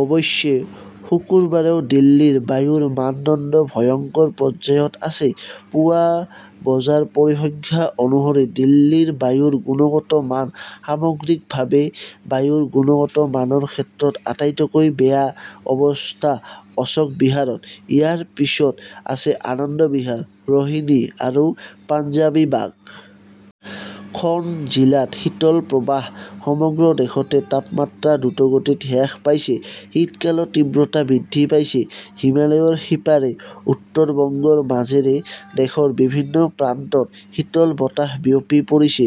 অৱশ্যে শুকুৰবাৰেও দিল্লীৰ বায়ুৰ মানদণ্ড 'ভয়ংকৰ "পৰ্যায়ত আছে। পুৱা বজাৰ পৰিসংখ্যা অনুসৰি দিল্লীৰ বায়ুৰ গুণগত মান সামগ্ৰিকভাৱে। বায়ুৰ গুণগত মানৰ ক্ষেত্ৰত আটাইতকৈ বেয়া অৱস্থা অশোক বিহাৰত। ইয়াৰ পিছত আছে আনন্দ বিহাৰ, ৰোহিনী আৰু পাঞ্জাৱী বাগ। খন জিলাত শীতল প্ৰবাহ সমগ্ৰ দেশতে তাপমাত্ৰা দ্ৰুতগতিত হ্ৰাস পাইছে। শীতকালৰ তীব্ৰতা বৃদ্ধি পাইছে। হিমালয়ৰ সিপাৰে উত্তৰ বংগৰ মাজেৰে দেশৰ বিভিন্ন প্ৰান্তত শীতল বতাহ বিয়পি পৰিছে।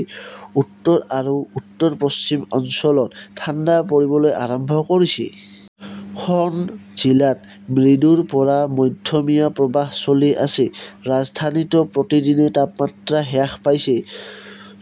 উত্তৰ আৰু উত্তৰ-পশ্চিম অঞ্চলত ঠাণ্ডা পৰিবলৈ আৰম্ভ কৰিছে। খন জিলাত মৃদুৰ পৰা মধ্যমীয়া প্ৰৱাহ চলি আছে। ৰাজধানীতো প্ৰতিদিনে তাপমাত্ৰা হ্ৰাস পাইছে।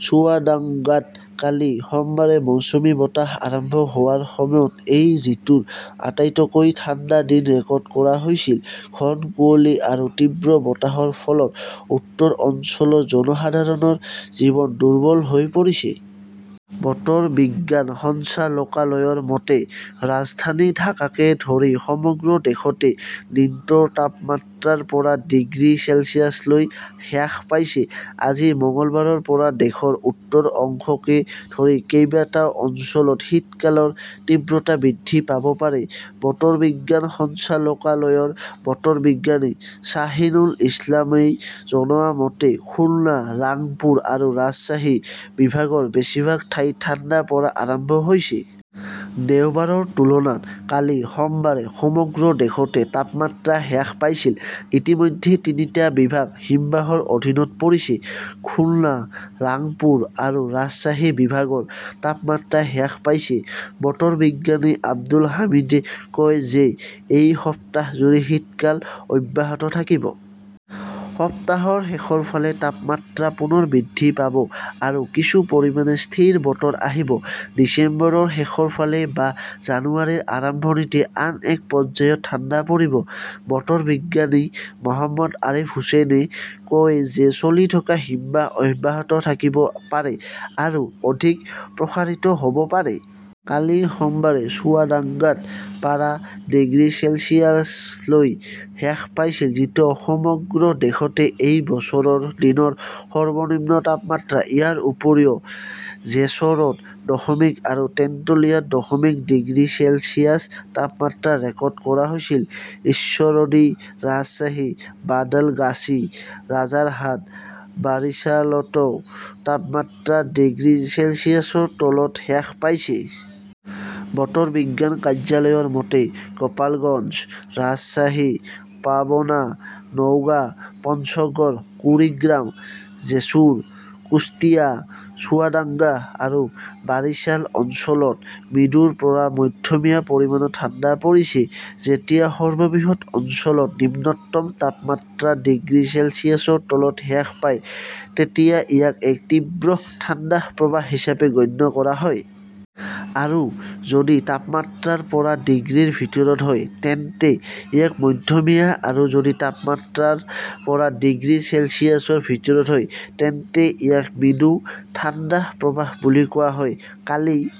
চুৱাডাংগাত কালি সোমবাৰে মৌচুমী বতাহ আৰম্ভ হোৱাৰ সময়ত এই ঋতুৰ আটাইতকৈ ঠাণ্ডা দিন ৰেকৰ্ড কৰা হৈছিল। ঘন কুঁৱলী আৰু তীব্ৰ বতাহৰ ফলত উত্তৰ অঞ্চলৰ জনসাধাৰণৰ জীৱন দুৰ্বল হৈ পৰিছে। বতৰ বিজ্ঞান সঞ্চালকালয়ৰ মতে, ৰাজধানী ঢাকাকে ধৰি সমগ্ৰ দেশতে দিনটোৰ তাপমাত্ৰা ৰ পৰা ডিগ্ৰী চেলছিয়াছলৈ হ্ৰাস পাইছে। আজি মঙলবাৰৰ পৰা দেশৰ উত্তৰ অংশকে ধৰি কেইবাটাও অঞ্চলত শীতকালৰ তীব্ৰতা বৃদ্ধি পাব পাৰে। বতৰ বিজ্ঞান সঞ্চালকালয়ৰ বতৰ বিজ্ঞানী শ্বাহিনুল ইছলামই জনোৱা মতে, খুলনা, ৰাংপুৰ আৰু ৰাজশ্বাহী বিভাগৰ বেছিভাগ ঠাইত ঠাণ্ডা পৰা আৰম্ভ হৈছে। দেওবাৰৰ তুলনাত কালি সোমবাৰে সমগ্ৰ দেশতে তাপমাত্ৰা হ্ৰাস পাইছিল। ইতিমধ্যে তিনিটা বিভাগ হিমবাহৰ অধীনত পৰিছে। খুলনা, ৰাংপুৰ আৰু ৰাজশ্বাহী বিভাগৰ তাপমাত্ৰা হ্ৰাস পাইছে। বতৰ বিজ্ঞানী আব্দুল হামিদই কয় যে এই সপ্তাহজুৰি শীতকাল অব্যাহত থাকিব। সপ্তাহৰ শেষৰ ফালে তাপমাত্ৰা পুনৰ বৃদ্ধি পাব আৰু কিছু পৰিমাণে স্থিৰ বতৰ আহিব। ডিচেম্বৰৰ শেষৰ ফালে বা জানুৱাৰীৰ আৰম্ভণিতে আন এক পৰ্যায়ৰ ঠাণ্ডা পৰিব। বতৰ বিজ্ঞানী মহম্মদ আৰিফ হুচেইনে কয় যে চলি থকা হিমবাহ অব্যাহত থাকিব পাৰে আৰু অধিক প্ৰসাৰিত হ 'ব পাৰে। কালি সোমবাৰে চুৱাদাঙ্গাত পাৰা ডিগ্ৰী চেলছিয়াছলৈ হ্ৰাস পাইছিল, যিটো সমগ্ৰ দেশতে এই বছৰৰ দিনৰ সৰ্বনিম্ন তাপমাত্ৰা। ইয়াৰ উপৰিও, জেছোৰত দশমিক আৰু তেন্তুলিয়াত দশমিক ডিগ্ৰী চেলছিয়াছ তাপমাত্ৰা ৰেকৰ্ড কৰা হৈছিল। ঈশ্বৰদী, ৰাজশ্বাহী, বাদলগাছী, ৰাজাৰহাট, বাৰিশালতও তাপমাত্ৰা ডিগ্ৰী চেলছিয়াছৰ তলত হ্ৰাস পাইছে। বতৰ বিজ্ঞান কাৰ্যালয়ৰ মতে, গোপালগঞ্জ, ৰাজশ্বাহী, পাবনা, নওগাঁ, পঞ্চগড়, কুৰিগ্ৰাম, জেছুৰ, কুশটিয়া, চুৱাদাঙ্গা আৰু বাৰিছাল অঞ্চলত মৃদুৰ পৰা মধ্যমীয়া পৰিমাণৰ ঠাণ্ডা পৰিছে। যেতিয়া সৰ্ববৃহৎ অঞ্চলত নিম্নতম তাপমাত্ৰা ডিগ্ৰী চেলছিয়াছৰ তলত হ্ৰাস পায় তেতিয়া ইয়াক এক তীব্ৰ ঠাণ্ডা প্ৰৱাহ হিচাপে গণ্য কৰা হয়। আৰু যদি তাপমাত্ৰা ৰ পৰা ডিগ্ৰীৰ ভিতৰত হয় তেন্তে ইয়াক মধ্যমীয়া আৰু যদি তাপমাত্ৰা ৰ পৰা ডিগ্ৰী চেলছিয়াছৰ ভিতৰত হয় তেন্তে ইয়াক মৃদু ঠাণ্ডা প্ৰৱাহ বুলি কোৱা হয়। কালি